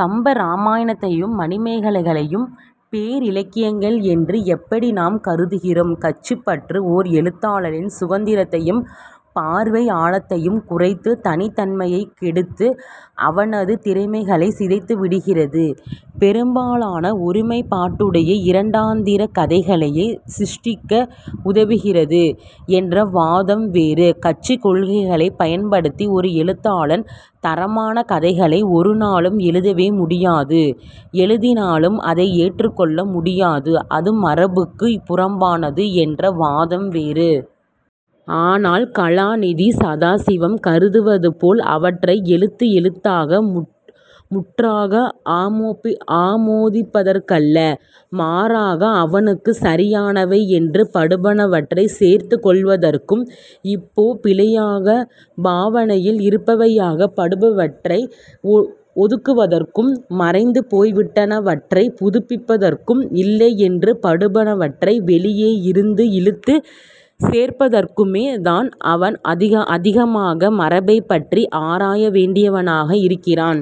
கம்பராமாயணத்தையும் மணிமேகலைகளையும் பேரிலக்கியங்கள் என்று எப்படி நாம் கருதுகிறோம்? கட்சிப் பற்று, ஓர் எழுத்தாளனின் சுதந்திரத்தையும் பார்வை ஆழத்தையும் குறைத்து, தனித்தன்மையைக் கெடுத்து, அவனது திறமைகளைச் சிதைத்துவிடுகிறது; பெரும்பாலான ஒருமைப்பாடுடைய இரண்டாந்திரக் கதைகளையே சிருஷ்டிக்க உதவுகிறது என்ற வாதம் வேறு. கட்சிக் கொள்கைகளைப் பயன்படுத்தி ஒரு எழுத்தாளன் தரமான கதைகளை ஒரு நாளும் எழுதவே முடியாது; எழுதினாலும் அதை ஏற்றுக் கொள்ள முடியாது; அது மரபுக்கு புறம்பானது என்ற வாதம் வேறு. ஆனால் கலாநிதி சதாசிவம் கருதுவதுபோல் அவற்றை எழுத்து எழுத்தாக முற்றாக ஆமோதிப்பதற்கல்ல. மாறாக, அவனுக்குச் சரியானவை என்று படுபனவற்றைச் சேர்த்துக் கொள்வதற்கும், இப்போ பிழையாகப் பாவனையில் இருப்பவையாகப் படுபவற்றை ஒதுக்குவதற்கும், மறைந்து போய்விட்டனவற்றைப் புதுப்பிப்பதற்கும், இல்லையென்று படுபனவற்றை வெளியே இருந்து இழுத்துச் சேர்ப்பதற்குமே தான் அவன் அதிகமாக மரபைப்பற்றி ஆராய வேண்டியவனாக இருக்கிறான்.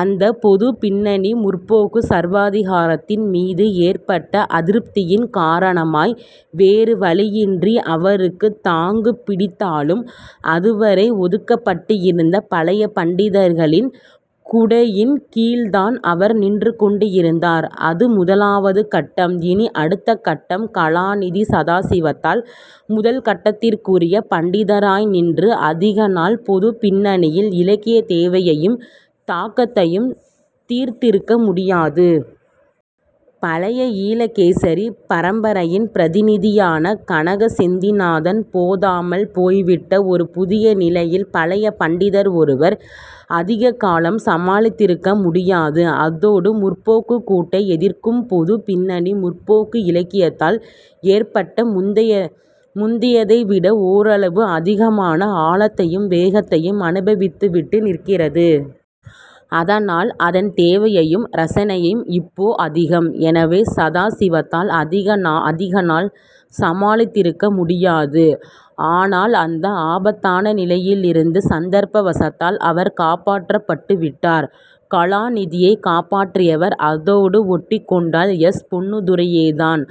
அந்தப் பொதுப் பின்னணி, 'முற்போக்கு' சர்வாதிகாரத்தின் மீது ஏற்பட்ட அதிருப்தியின் காரணமாய், வேறு வழியின்றி அவருக்குத் தாங்குப் பிடித்தாலும் அதுவரை ஒதுக்கப்பட்டிருந்த பழைய பண்டிதர்களின் குடையின் கீழ்தான் அவர் நின்றுகொண்டிருந்தார். அது முதலாவது கட்டம். இனி அடுத்த கட்டம். கலாநிதி சதாசிவத்தால் முதல் கட்டத்துக்குரிய பண்டிதராய் நின்று அதிக நாள் பொதுப் பின்னணியின் இலக்கியத் தேவையையும் தாகத்தையும் தீர்த்திருக்க முடியாது. பழைய ஈழகேசரிப் பரம்பரையின் பிரதிநிதியான கனக செந்திநாதன் போதாமல் போய்விட்ட ஒரு புதிய நிலையில் பழைய பண்டிதர் ஒருவர் அதிக காலம் சமாளித்திருக்க முடியாது. அதோடு 'முற்போக்கு'க் கூட்டை எதிர்க்கும் பொதுப் பின்னணி, 'முற்போக்கு' இலக்கியத்தால் ஏற்பட்ட முந்தியதை விட ஓரளவு அதிகமான, ஆழத்தையும் வேகத்தையும் அனுபவித்துவிட்டு நிற்கிறது. அதனால் அதன் தேவையும் ரசனையும் இப்போ அதிகம். எனவே, சதாசிவத்தால் அதிக நாள் சமாளித்திருக்க முடியாது. ஆனால் அந்த ஆபத்தான நிலையிலிருந்து சந்தர்ப்பவசத்தால் அவர் காப்பாற்றப்பட்டுவிட்டார். கலாநிதியைக் காப்பாற்றியவர் அதோடு ஒட்டிக்கொண்ட எஸ். பொன்னுத்துரையேதான்.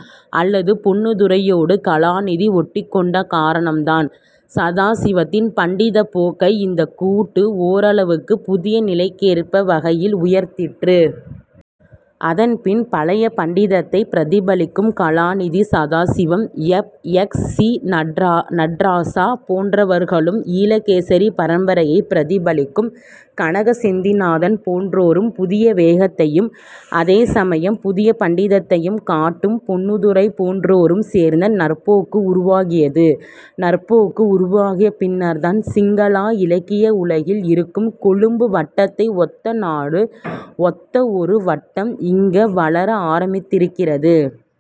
அல்லது பொன்னுத்துரையோடு கலாநிதி ஒட்டிக்கொண்ட காரணந்தான். சதாசிவத்தின் பண்டிதப் போக்கை இந்தக் கூட்டு ஓரளவுக்குப் புதிய நிலைக்கேற்ப வகையில் உயர்த்திற்று. அதன்பின் பழைய பண்டிதத்தைப் பிரதிபலிக்கும் கலாநிதி Sadasivam, F. X. C. Nadarajah போன்றவர்களும் ஈழகேசரிப் பரம்பரையைப் பிரதிபலிக்கும் கனக செந்திநாதன் போன்றோரும் புதிய வேகத்தையும் அதே சமயம் புதிய பண்டிதத்தையும் காட்டும் பொன்னுத்துரை போன்றோரும் சேர்ந்த 'நற்போக்கு' உருவாகியது. 'நற்போக்கு' உருவாகிய பின்னர்தான் சிங்கள இலக்கிய உலகில் இருக்கும் 'கொழும்பு வட்ட'த்தை ஒத்த ஒரு வட்டம் இங்க வளர ஆரம்பித்திருக்கிறது.